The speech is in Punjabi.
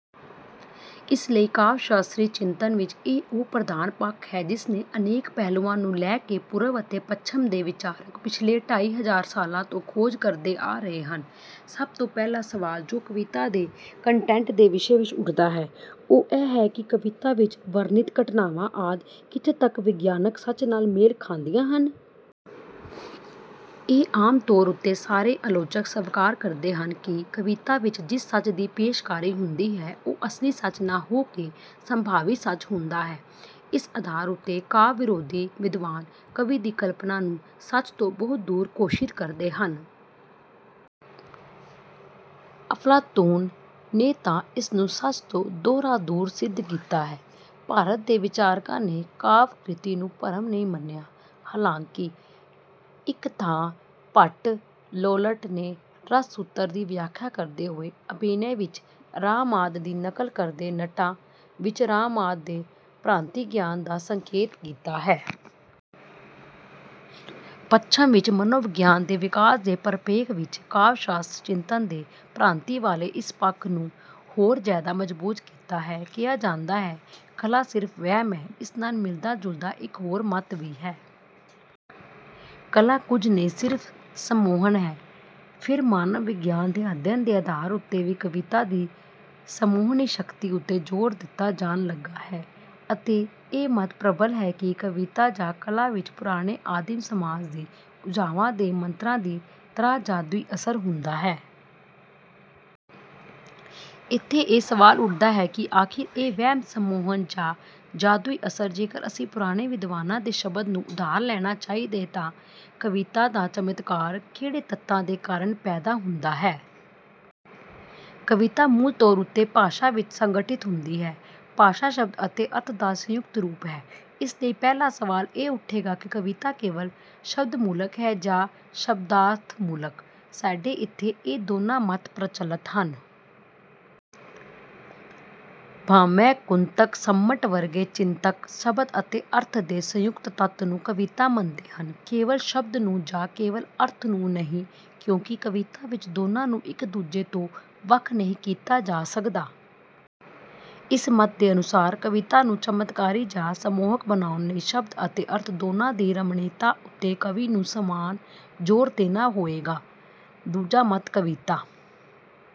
ਇਸ ਲਈ ਕਾਵਿ ਸ਼ਾਸਤਰੀ ਚਿੰਤਨ ਵਿੱਚ ਇਹ ਉਹ ਪ੍ਰਧਾਨ ਪੱਖ ਹੈ ਜਿਸਦੇ ਅਨੇਕ ਪਹਿਲੂਆਂ ਨੂੰ ਲੈ ਕੇ ਪੂਰਬ ਅਤੇ ਪੱਛਮ ਦੇ ਵਿਚਾਰਕ ਪਿਛਲੇ ਢਾਈ ਹਜ਼ਾਰ ਸਾਲਾਂ ਤੋਂ ਖੋਜ ਕਰਦੇ ਆ ਰਹੇ ਹਨ। ਸਭ ਤੋਂ ਪਹਿਲਾ ਸਵਾਲ ਜੋ ਕਵਿਤਾ ਦੇ ਕੰਟੈਂਟ ਦੇ ਵਿਸ਼ੇ ਵਿੱਚ ਉੱਠਦਾ ਹੈ, ਉਹ ਇਹ ਹੈ ਕਿ ਕਵਿਤਾ ਵਿੱਚ ਵਰਣਿਤ ਘਟਨਾਵਾਂ ਆਦਿ ਕਿੱਥੇ ਤੱਕ ਵਿਗਿਆਨਕ ਸੱਚ ਨਾਲ ਮੇਲ ਖਾਂਦੀਆਂ ਹਨ। ਇਹ ਆਮ ਤੌਰ ਉੱਤੇ ਸਾਰੇ ਆਲੋਚਕ ਸਵੀਕਾਰ ਕਰਦੇ ਹਨ ਕਿ ਕਵਿਤਾ ਵਿੱਚ ਜਿਸ ਸੱਚ ਦੀ ਪੇਸ਼ਕਾਰੀ ਹੁੰਦੀ ਹੈ, ਉਹ ਅਸਲੀ ਸੱਚ ਨਾ ਹੋ ਕੇ ਸੰਭਾਵੀ ਸੱਚ ਹੁੰਦਾ ਹੈ। ਇਸ ਆਧਾਰ ਉੱਤੇ ਕਾਵਿ ਵਿਰੋਧੀ ਵਿਦਵਾਨ ਕਵੀ ਦੀ ਕਲਪਨਾ ਨੂੰ ਸੱਚ ਤੋਂ ਬਹੁਤ ਦੂਰ ਘੋਸ਼ਿਤ ਕਰਦੇ ਹਨ। ਅਫਲਾਤੂਨ ਨੇ ਤਾਂ ਇਸਨੂੰ ਸੱਚ ਤੋਂ ਦੂਹਰਾ ਦੂਰ ਸਿੱਧ ਕੀਤਾ ਹੈ। ਭਾਰਤ ਦੇ ਵਿਚਾਰਕਾਂ ਨੇ ਕਾਵਿ ਕ੍ਰਿਤੀ ਨੂੰ ਭਰਮ ਨਹੀਂ ਮੰਨਿਆ, ਹਾਲਾਂਕਿ ਇੱਕ ਥਾਂ ਭੱਟ ਲੋੱਲਟ ਨੇ ਰਸ ਸੂਤਰ ਦੀ ਵਿਆਖਿਆ ਕਰਦੇ ਹੋਏ ਅਭਿਨੈ ਵਿੱਚ ਰਾਮ ਆਦਿ ਦੀ ਨਕਲ ਕਰਦੇ ਨਟਾਂ ਵਿੱਚ ਰਾਮ ਆਦਿ ਦੇ ਭ੍ਰਾਂਤੀਗਿਆਨ ਦਾ ਸੰਕੇਤ ਕੀਤਾ ਹੈ। ਪੱਛਮ ਵਿੱਚ ਮਨੋਵਿਗਿਆਨ ਦੇ ਵਿਕਾਸ ਦੇ ਪਰਿਪੇਖ ਵਿੱਚ ਕਾਵਿ ਸ਼ਾਸਤਰੀ ਚਿੰਤਨ ਨੇ ਭ੍ਰਾਂਤੀਵਾਲੇ ਇਸ ਪੱਖ ਨੂੰ ਹੋਰ ਜ਼ਿਆਦਾ ਮਜ਼ਬੂਤ ਕੀਤਾ ਹੈ। ਕਿਹਾ ਜਾਂਦਾ ਹੈ, ਕਲਾ ਸਿਰਫ ਵਹਿਮ ਹੈ। ਇਸ ਨਾਲ ਮਿਲਦਾ ਜੁਲਦਾ ਇੱਕ ਹੋਰ ਮਤ ਵੀ ਹੈ। ਕਲਾ ਕੁੱਝ ਨਹੀਂ ਸਿਰਫ਼ ਸੰਮੋਹਨ ਹੈ। ਫਿਰ ਮਾਨਵ ਵਿਗਿਆਨ ਦੇ ਅਧਿਐਨ ਦੇ ਆਧਾਰ ਉੱਤੇ ਵੀ ਕਵਿਤਾ ਦੀ ਸੰਮੋਹਿਨੀ ਸ਼ਕਤੀ ਉੱਤੇ ਜ਼ੋਰ ਦਿੱਤਾ ਜਾਣ ਲੱਗਾ ਹੈ ਅਤੇ ਇਹ ਮਤ ਪ੍ਰਬਲ ਹੈ ਕਿ ਕਵਿਤਾ ਜਾਂ ਕਲਾ ਵਿੱਚ ਪੁਰਾਣੇ ਆਦਿਮ ਸਮਾਜ ਦੇ ਓਝਾਵਾਂ ਦੇ ਮੰਤਰਾਂ ਦੀ ਤਰ੍ਹਾਂ ਜਾਦੂਈ ਅਸਰ ਹੁੰਦਾ ਹੈ। ਇੱਥੇ ਇਹ ਸਵਾਲ ਉੱਠਦਾ ਹੈ ਕਿ ਆਖਿਰ ਇਹ ਵਹਿਮ, ਸੰਮੋਹਨ ਜਾਂ ਜਾਦੂਈ ਅਸਰ, ਜੇਕਰ ਅਸੀਂ ਪੁਰਾਣੇ ਵਿਦਵਾਨਾਂ ਦੇ ਸ਼ਬਦ ਨੂੰ ਉਧਾਰ ਲੈਣਾ ਚਾਹੀਏ ਤਾਂ ਕਵਿਤਾ ਦਾ ਚਮਤਕਾਰ, ਕਿਹੜੇ ਤੱਤਾਂ ਦੇ ਕਾਰਨ ਪੈਦਾ ਹੁੰਦਾ ਹੈ। ਕਵਿਤਾ ਮੂਲ ਤੌਰ ਉੱਤੇ ਭਾਸ਼ਾ ਵਿੱਚ ਸੰਗਠਿਤ ਹੁੰਦੀ ਹੈ। ਭਾਸ਼ਾ ਸ਼ਬਦ ਅਤੇ ਅਰਥ ਦਾ ਸੰਯੁਕਤ ਰੂਪ ਹੈ। ਇਸ ਲਈ ਪਹਿਲਾ ਸਵਾਲ ਇਹ ਉੱਠੇਗਾ ਕਿ ਕਵਿਤਾ ਕੇਵਲ ਸ਼ਬਦਮੂਲਕ ਹੈ ਜਾਂ ਸ਼ਬਦਾਰਥਮੂਲਕ। ਸਾਡੇ ਇੱਥੇ ਇਹ ਦੋਨਾਂ ਮਤ ਪ੍ਰਚੱਲਤ ਹਨ। ਭਾਮਹ, ਕੁੰਤਕ, ਮੰਮਟ ਵਰਗੇ ਚਿੰਤਕ ਸ਼ਬਦ ਅਤੇ ਅਰਥ ਦੇ ਸੰਯੁਕਤ ਤੱਤ ਨੂੰ ਕਵਿਤਾ ਮੰਨਦੇ ਹਨ, ਕੇਵਲ ਸ਼ਬਦ ਨੂੰ ਜਾਂ ਕੇਵਲ ਅਰਥ ਨੂੰ ਨਹੀਂ, ਕਿਉਂਕਿ ਕਵਿਤਾ ਵਿੱਚ ਦੋਨਾਂ ਨੂੰ ਇੱਕ ਦੂਜੇ ਤੋਂ ਵੱਖ ਨਹੀਂ ਕੀਤਾ ਜਾ ਸਕਦਾ। ਇਸ ਮਤ ਦੇ ਅਨੁਸਾਰ ਕਵਿਤਾ ਨੂੰ ਚਮਤਕਾਰੀ ਜਾਂ ਸੰਮੋਹਕ ਬਣਾਉਣ ਲਈ ਸ਼ਬਦ ਅਤੇ ਅਰਥ ਦੋਨਾਂ ਦੀ ਰਮਣੀਅਤਾ ਉੱਤੇ ਕਵੀ ਨੂੰ ਸਮਾਨ ਜ਼ੋਰ ਦੇਣਾ ਹੋਵੇਗਾ। ਦੂਜਾ ਮਤ ਕਵਿਤਾ